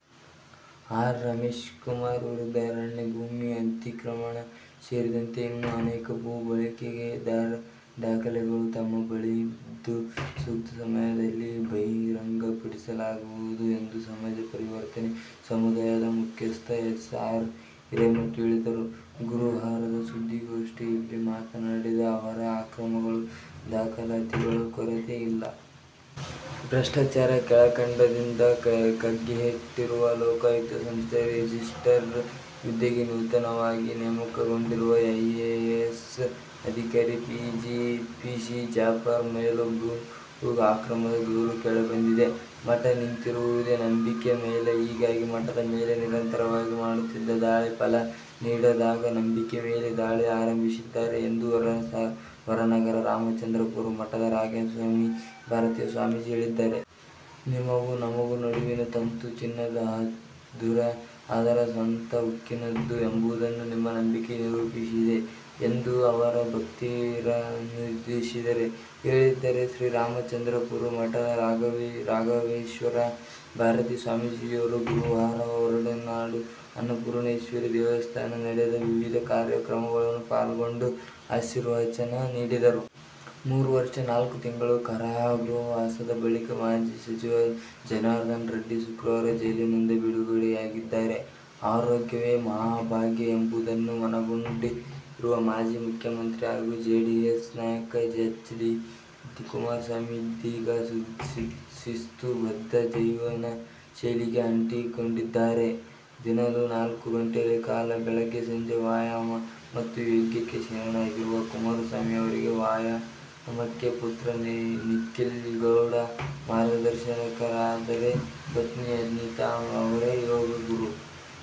R. Ramesh Kumar ವಿರುದ್ಧ ಅರಣ್ಯ ಭೂಮಿ ಅತಿಕ್ರಮಣ ಸೇರಿದಂತೆ ಇನ್ನೂ ಅನೇಕ ಭೂ ಕಬಳಿಕೆ ದಾಖಲೆಗಳು ತಮ್ಮ ಬಳಿಯಿದ್ದು, ಸೂಕ್ತ ಸಮಯದಲ್ಲಿ ಬಹಿರಂಗಪಡಿಸಲಾಗುವುದು ಎಂದು ಸಮಾಜ ಪರಿವರ್ತನಾ ಸಮುದಾಯದ ಮುಖ್ಯಸ್ಥ ಎಸ್. ಆರ್. ಹಿರೇಮಠ ಹೇಳಿದರು. ಗುರುವಾರ ಸುದ್ದಿಗೋಷ್ಠಿಯಲ್ಲಿ ಮಾತನಾಡಿದ ಅವರು, ಅಕ್ರಮಗಳ ದಾಖಲಾತಿಗಳಿಗೆ ಕೊರತೆ ಇಲ್ಲ. ಭ್ರಷ್ಟಾಚಾರ ಕಳಂಕದಿಂದ ಕಂಗೆಟ್ಟಿರುವ ಲೋಕಾಯುಕ್ತ ಸಂಸ್ಥೆಯ ರಿಜಿಸ್ಟ್ರಾರ್ ಹುದ್ದೆಗೆ ನೂತನವಾಗಿ ನೇಮಕಗೊಂಡಿರುವ ಐಎಎಸ್ ಅಧಿಕಾರಿ ಪಿ. ಸಿ. ಜಾಫರ್ ಮೇಲೂ ಭೂ ಅಕ್ರಮದ ದೂರು ಕೇಳಿಬಂದಿದೆ. ಮಠ ನಿಂತಿರುವುದೇ ನಂಬಿಕೆ ಮೇಲೆ. ಹೀಗಾಗಿ ಮಠದ ಮೇಲೆ ನಿರಂತರವಾಗಿ ಮಾಡುತ್ತಿದ್ದ ದಾಳಿ ಫಲ ನೀಡದಾಗ ನಂಬಿಕೆ ಮೇಲೆ ದಾಳಿ ಆರಂಭಿಸಿದ್ದಾರೆ ಎಂದು ಹೊಸನಗರ ರಾಮಚಂದ್ರಾಪುರ ಮಠದ ರಾಘವೇಶ್ವರ ಭಾರತೀ ಸ್ವಾಮೀಜಿ ಹೇಳಿದ್ದಾರೆ. ನಿಮಗೂ ನಮಗೂ ನಡುವಿನ ತಂತು ಚಿನ್ನದ್ದಾದರೂ ಅದರ ಸತ್ವ ಉಕ್ಕಿನದ್ದು ಎಂಬುದನ್ನು ನಿಮ್ಮ ನಂಬಿಕೆ ನಿರೂಪಿಸಿದೆ ಎಂದೂ ಅವರು ಭಕ್ತರನ್ನುದ್ದೇಶಿಸಿ ಹೇಳಿದ್ದಾರೆ. ಶ್ರೀ ರಾಮಚಂದ್ರಾಪುರ ಮಠದ ರಾಘವೇಶ್ವರ ಭಾರತೀ ಸ್ವಾಮೀಜಿಯವರು ಗುರುವಾರ ಹೊರನಾಡು ಅನ್ನಪೂರ್ಣೇಶ್ವರಿ ದೇವಸ್ಥಾನದಲ್ಲಿ ನಡೆದ ವಿವಿಧ ಕಾರ್ಯ ಕ್ರಮಗಳಲ್ಲಿ ಪಾಲ್ಗೊಂಡು ಆಶೀರ್ವಚನ ನೀಡಿದರು. ಮೂರು ವರ್ಷ ನಾಲ್ಕು ತಿಂಗಳ ಕಾರಾಗೃಹ ವಾಸದ ಬಳಿಕ ಮಾಜಿ ಸಚಿವ ಜನಾರ್ದನ ರೆಡ್ಡಿ ಶುಕ್ರವಾರ ಜೈಲಿನಿಂದ ಬಿಡುಗಡೆಯಾಗಿದ್ದಾರೆ. "ಆರೋಗ್ಯವೇ ಮಹಾಭಾಗ್ಯ' ಎಂಬುದನ್ನು ಮನಗಂಡಿರುವ ಮಾಜಿ ಮುಖ್ಯಮಂತ್ರಿ ಹಾಗೂ ಜೆಡಿಎಸ್ ನಾಯಕ ಎಚ್. ಡಿ. ಕುಮಾರಸ್ವಾಮಿ ಇದೀಗ ಶಿಸ್ತುಬದ್ಧ ಜೀವನಶೈಲಿಗೆ ಅಂಟಿಕೊಂಡಿದ್ದಾರೆ. ದಿನದ ನಾಲ್ಕು ಗಂಟೆಗಳ ಕಾಲ ಬೆಳಗ್ಗೆ-ಸಂಜೆ ವ್ಯಾಯಾಮ ಮತ್ತು ಯೋಗಕ್ಕೆ ಶರಣಾಗಿರುವ ಕುಮಾರಸ್ವಾಮಿ ಅವರಿಗೆ ವ್ಯಾಯಾಮಕ್ಕೆ ಪುತ್ರ ನಿಖೀಲ್ಗೌಡ ಮಾರ್ಗದರ್ಶಕನಾದರೆ ಪತ್ನಿ ಅನಿತಾ ಅವರೇ ಯೋಗ ಗುರು.